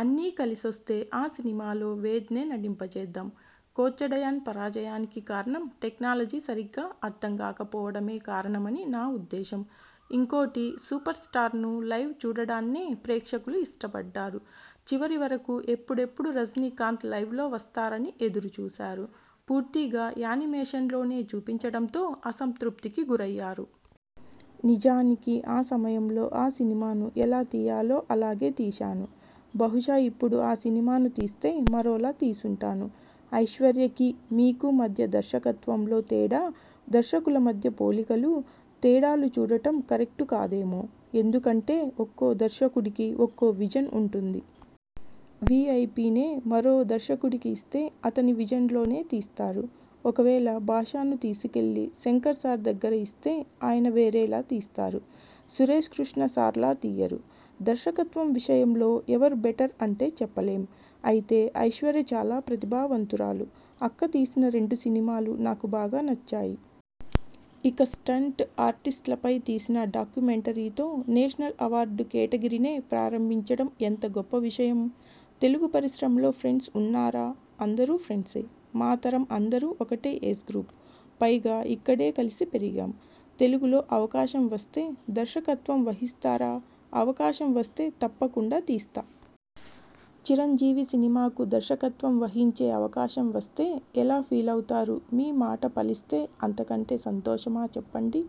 అన్నీ కలిసొస్తే ఆ సిని మాలో వేద్నే నటింపజేద్దాం. 'కోచ్చడయాన్' పరాజయానికి కారణం టెక్నాలజీ సరిగ్గా అర్ధంకాకపోవడమే కారణమని నా ఉద్దేశం. ఇంకోటి సూపర్స్టార్ను లైవ్ చూడడాన్నే ప్రేక్షకులు ఇష్టపడ్డారు. చివరి వరకు ఎప్పుడెప్పుడు రజనీకాంత్ లైవ్లో వస్తారని ఎదురుచూశారు. పూర్తిగా యానిమేషన్లోనే చూపించడంతో అసంతృప్తికి గురయ్యారు. నిజానికి ఆ సమయంలో ఆ సినిమాను ఎలా తీయాలో అలాగే తీశాను. బహుశా ఇప్పుడు ఆ సినిమాను తీస్తే మరోలా తీసుంటాను. ఐశ్వర్యకి, మీకు మధ్య దర్శకత్వంలో తేడా దర్శకుల మధ్య పోలికలు, తేడాలు చూడడం కరెక్టు కాదేమో. ఎందుకంటే ఒక్కో దర్శకుడికి ఒక్కో విజన్ ఉంటుంది. 'వీఐపి 'నే మరో దర్శకుడికి ఇస్తే అతని విజన్లోనే తీస్తారు. ఒకవేళ 'బాషా'ను తీసుకెళ్లి శంకర్ సార్ దగ్గర ఇస్తే ఆయన వేరేలా తీస్తారు. సురేష్కృష్ణ సార్లా తీయరు. దర్శకత్వం విషయంలో ఎవరు బెటర్ అంటే చెప్పలేం. అయితే ఐశ్వర్య చాలా ప్రతిభావంతురాలు. అక్క తీసిన రెండు సినిమాలు నాకు బాగా నచ్చాయి. ఇక స్టంట్ ఆర్టిస్ట్లపై తీసిన డాక్యుమెంటరీతో నేషనల్ అవార్డు కేటగిరీనే ప్రారంభించడం ఎంత గొప్ప విషయం. తెలుగు పరిశ్రమలో ఫ్రెండ్స్ ఉన్నారా అందరూ ఫ్రెండ్సే. మా తరం అందరం ఒకటే ఏజ్ గ్రూప్. పైగా ఇక్కడే కలిసి పెరిగాం. తెలుగులో అవకాశం వస్తే దర్శకత్వం వహిస్తారా అవకాశం వస్తే తప్పకుండా తీస్తా. చిరంజీవి సినిమాకు దర్శకత్వం వహించే అవకాశం వస్తే ఎలా ఫీలవుతారు మీ మాట ఫలిస్తే అంతకంటే సంతోషమా చెప్పండి.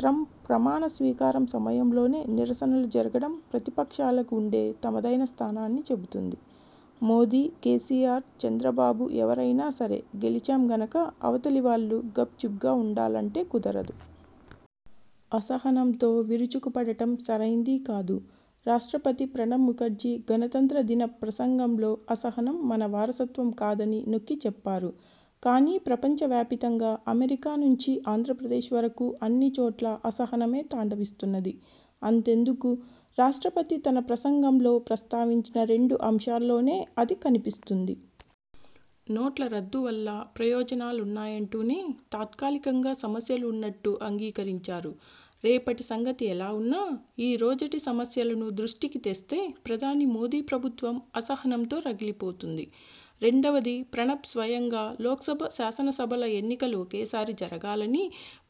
ట్రంప్ ప్రమాణ స్వీకారం సమయంలోనే నిరసనలు జరగడం ప్రతిపక్షాలకు వుండే తమదైన స్థానాన్ని చెబుతుంది. మోదీ, కేసీఆర్, చంద్రబాబు ఎవరైనా సరే గెలిచాం గనక అవతలివాళ్లు గప్చుప్గా వుండాలంటే కుదరదు. అసహనంతో విరుచుకుపడటం సరైందీ కాదు. రాష్ట్రపతి ప్రణబ్ ముఖర్జీ గణతంత్ర దిన ప్రసంగంలో అసహనం మన వారసత్వం కాదని నొక్కి చెప్పారు. కానీ ప్రపంచ వ్యాపితంగా అమెరికా నుంచి ఆంధ్రప్రదేశ్ వరకూ అన్నిచోట్లా అసహనమే తాండవిస్తున్నది. అంతెందుకు? రాష్ట్రపతి తన ప్రసంగంలో ప్రస్తావించిన రెండు అంశాల్లోనే అది కనిపిస్తుంది. నోట్లరద్దు వల్ల ప్రయోజనాలున్నాయంటూనే తాత్కాలికంగా సమస్యలు వున్నట్టు అంగీకరించారు. రేపటి సంగతి ఎలా వున్నా ఈ రోజటి సమస్యలను దృష్టికి తెస్తే ప్రధాని మోదీ ప్రభుత్వం అసహనంతో రగిలిపోతుంది. రెండవది ప్రణబ్ స్వయంగా లోక్సభ శాసనసభల ఎన్నికలు ఒకేసారి జరగాలని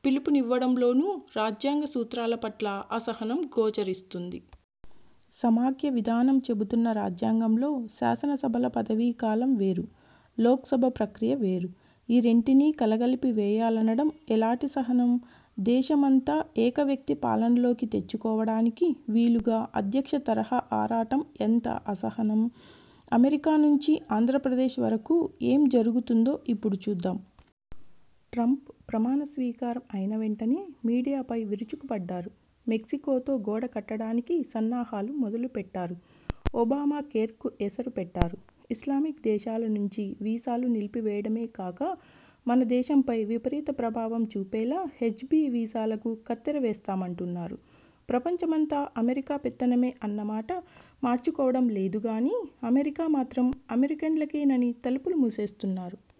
పిలుపునివ్వడంలోనూ రాజ్యాంగ సూత్రాల పట్ల అసహనం గోచరిస్తుంది. సమాఖ్య విధానం చెబుతున్న రాజ్యాంగంలో శాసనసభల పదవీ కాలం వేరు లోక్సభ ప్రక్రియ వేరు. ఈ రెంటినీ కలగలిపి వేయాలనడం ఎలాటి సహనం? దేశమంతా ఏకవ్యక్తి పాలనలోకి తెచ్చుకోవడానికి వీలుగా అధ్యక్ష తరహా ఆరాటం ఎంత అసహనం? అమెరికా నుంచి ఆంధ్రప్రదేశ్ వరకూ ఏం జరుగుతుందో ఇప్పుడు చూద్దాం. ట్రంప్ ప్రమాణస్వీకారం అయిన వెంటనే మీడియాపై విరుచుకుపడ్డారు. మెక్సికోతో గోడ కట్టడానికి సన్నాహాలు మొదలు పెట్టారు. ఒబామా కేర్కు ఎసరు పెట్టారు. ఇస్లామిక్ దేశాల నుంచి వీసాలు నిలిపివేయడమే గాక మన దేశంపై విపరీత ప్రభావం చూపేలా హెచ్ బీ వీసాలకు కత్తెర వేస్తామంటున్నారు. ప్రపంచమంతా అమెరికా పెత్తనమే అన్న మాట మార్చుకోవడం లేదు గానీ అమెరికా మాత్రం అమెరికన్లకేనని తలుపులు మూసేస్తున్నారు.